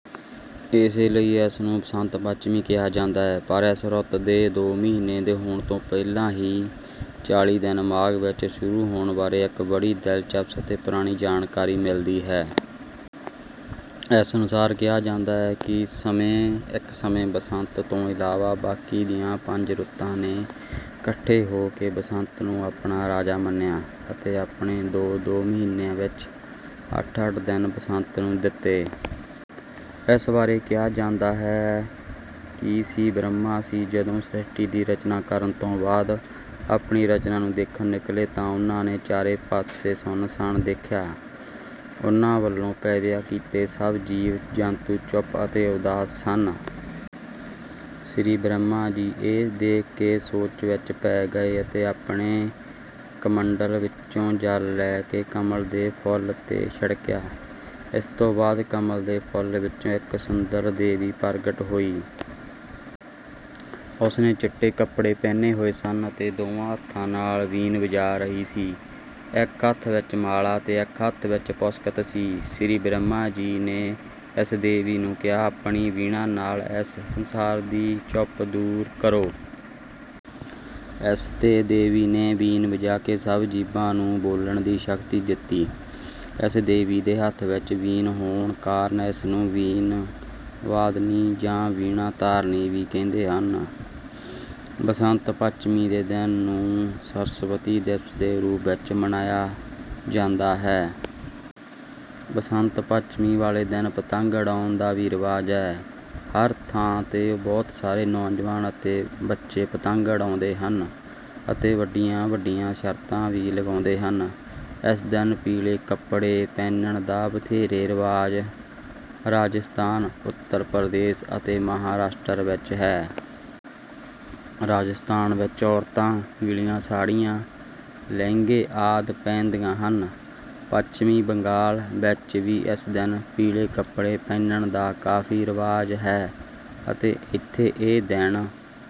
ਇਸੇ ਲਈ ਇਸ ਨੂੰ ਬਸੰਤ ਪੰਚਮੀ ਕਿਹਾ ਜਾਂਦਾ ਹੈ। ਪਰ ਇਸ ਰੁੱਤ ਦੇ-ਦੋ ਮਹੀਨੇ ਦੇ ਹੋਣ ਤੋਂ ਪਹਿਲਾਂ ਹੀ ਚਾਲੀ ਦਿਨ ਮਾਘ ਵਿੱਚ ਸ਼ੁਰੂ ਹੋਣ ਬਾਰੇ ਇੱਕ ਬੜੀ ਦਿਲਚਸਪ ਅਤੇ ਪੁਰਾਣੀ ਜਾਣਕਾਰੀ ਮਿਲਦੀ ਹੈ। ਇਸ ਅਨੁਸਾਰ ਕਿਹਾ ਜਾਂਦਾ ਹੈ ਕਿ ਇੱਕ ਸਮੇਂ ਬਸੰਤ ਤੋਂ ਇਲਾਵਾ ਬਾਕੀ ਦੀਆਂ ਪੰਜ ਰੁੱਤਾਂ ਨੇ ਇਕੱਠੇ ਹੋ ਕੇ ਬਸੰਤ ਨੂੰ ਆਪਣਾ ਰਾਜਾ ਮੰਨਿਆ ਅਤੇ ਆਪਣੇ ਦੋ ਦੋ ਮਹੀਨਿਆਂ ਵਿੱਚੋਂ ਅੱਠ-ਅੱਠ ਦਿਨ ਬਸੰਤ ਨੂੰ ਦਿੱਤੇ। ਇਸ ਬਾਰੇ ਕਿਹਾ ਜਾਂਦਾ ਹੈ ਕਿ ਸ੍ਰੀ ਬ੍ਰਹਮਾ ਜੀ ਜਦੋਂ ਸ਼੍ਰਿਸ਼ਟੀ ਦੀ ਰਚਨਾ ਕਰਨ ਤੋਂ ਬਾਅਦ ਆਪਣੀ ਰਚਨਾ ਨੂੰ ਦੇਖਣ ਨਿਕਲੇ ਤਾਂ ਉਨ੍ਹਾਂ ਨੇ ਚਾਰੇ ਪਾਸੇ ਸੁੰਨਸਾਨ ਦੇਖਿਆ। ਉਨ੍ਹਾਂ ਵੱਲੋਂ ਪੈਦਾ ਕੀਤੇ ਸਭ ਜੀਵ ਜੰਤੂ ਚੁੱਪ ਅਤੇ ਉਦਾਸ ਸਨ। ਸ੍ਰੀ ਬ੍ਰਹਮਾ ਜੀ ਇਹ ਦੇਖ ਕੇ ਸੋਚ ਵਿੱਚ ਪੈ ਗਏ ਅਤੇ ਆਪਣੇ ਕਮੰਡਲ ਵਿੱਚੋਂ ਜਲ ਲੈ ਕੇ ਕਮਲ ਦੇ ਫੁੱਲ ਤੇ ਛਿੜਕਿਆ। ਜਿਸ ਤੋਂ ਬਾਅਦ ਕਮਲ ਦੇ ਫੁੱਲ ਵਿੱਚੋਂ ਇੱਕ ਸੁੰਦਰ ਦੇਵੀ ਪ੍ਰਗਟ ਹੋਈ। ਉਸ ਨੇ ਚਿੱਟੇ ਕੱਪੜੇ ਪਹਿਨੇ ਹੋਏ ਸਨ ਅਤੇ ਦੋ ਹੱਥਾਂ ਨਾਲ ਬੀਨ ਵਜਾ ਰਹੀ ਸੀ ਇੱਕ ਹੱਥ ਵਿੱਚ ਮਾਲਾ ਅਤੇ ਇੱਕ ਹੱਥ ਵਿੱਚ ਪੁਸਤਕ ਸੀ। ਸ੍ਰੀ ਬ੍ਰਹਮਾ ਜੀ ਨੇ ਇਸ ਦੇਵੀ ਨੂੰ ਕਿਹਾ ਕਿ ਆਪਣੀ ਵੀਣਾ ਨਾਲ ਇਸ ਸੰਸਾਰ ਦੀ ਚੁੱਪ ਦੂਰ ਕਰੋ। ਇਸ ਤੇ ਦੇਵੀ ਨੇ ਬੀਨ ਵਜਾ ਕੇ ਸਭ ਜੀਵਾਂ ਨੂੰ ਬੋਲਣ ਦੀ ਸ਼ਕਤੀ ਦਿੱਤੀ। ਇਸ ਦੇਵੀ ਦੇ ਹੱਥ ਵਿੱਚ ਬੀਨ ਹੋਣ ਕਾਰਨ ਇਸ ਨੂੰ ਬੀਨ ਵਾਦਿਨੀ ਜਾਂ ਬੀਣਾ ਧਾਰਨੀ ਵੀ ਕਹਿੰਦੇ ਹਨ। ਬਸੰਤ ਪੰਚਮੀ ਦੇ ਦਿਨ ਨੂੰ ਸਰਸਵਤੀ ਦਿਵਸ ਦੇ ਰੂਪ ਵਿੱਚ ਵੀ ਮਨਾਇਆ ਜਾਂਦਾ ਹੈ। ਬਸੰਤ ਪੰਚਮੀ ਵਾਲੇ ਦਿਨ ਪਤੰਗ ਉਡਾਉਣ ਦਾ ਵੀ ਰਿਵਾਜ ਹੈ। ਹਰ ਥਾਂ ਤੇ ਬਹੁਤ ਸਾਰੇ ਨੌਜਵਾਨ ਅਤੇ ਬੱਚੇ ਪਤੰਗ ਉਡਾਉਂਦੇ ਹਨ ਅਤੇ ਵੱਡੀਆਂ ਵੱਡੀਆਂ ਸ਼ਰਤਾਂ ਵੀ ਲਗਾਉਂਦੇ ਹਨ। ਇਸ ਦਿਨ ਪੀਲੇ ਕੱਪੜੇ ਪਹਿਨਣ ਦਾ ਵਧੇਰੇ ਰਿਵਾਜ ਰਾਜਸਥਾਨ ਉੱਤਰ ਪ੍ਰਦੇਸ਼ ਅਤੇ ਮਹਾਰਾਸ਼ਟਰ ਵਿੱਚ ਹੈ। ਰਾਜਸਥਾਨ ਵਿੱਚ ਔਰਤਾਂ ਪੀਲੀਆਂ ਸਾੜ੍ਹੀਆਂ ਲਹਿੰਗੇ ਆਦਿ ਪਹਿਨਦੀਆਂ ਹਨ। ਪੱਛਮੀ ਬੰਗਾਲ ਵਿੱਚ ਵੀ ਇਸ ਦਿਨ ਪੀਲੇ ਕੱਪੜੇ ਪਹਿਨਣ ਦਾ ਕਾਫੀ ਰਿਵਾਜ ਹੈ ਅਤੇ ਇੱਥੇ ਇਹ ਦਿਨ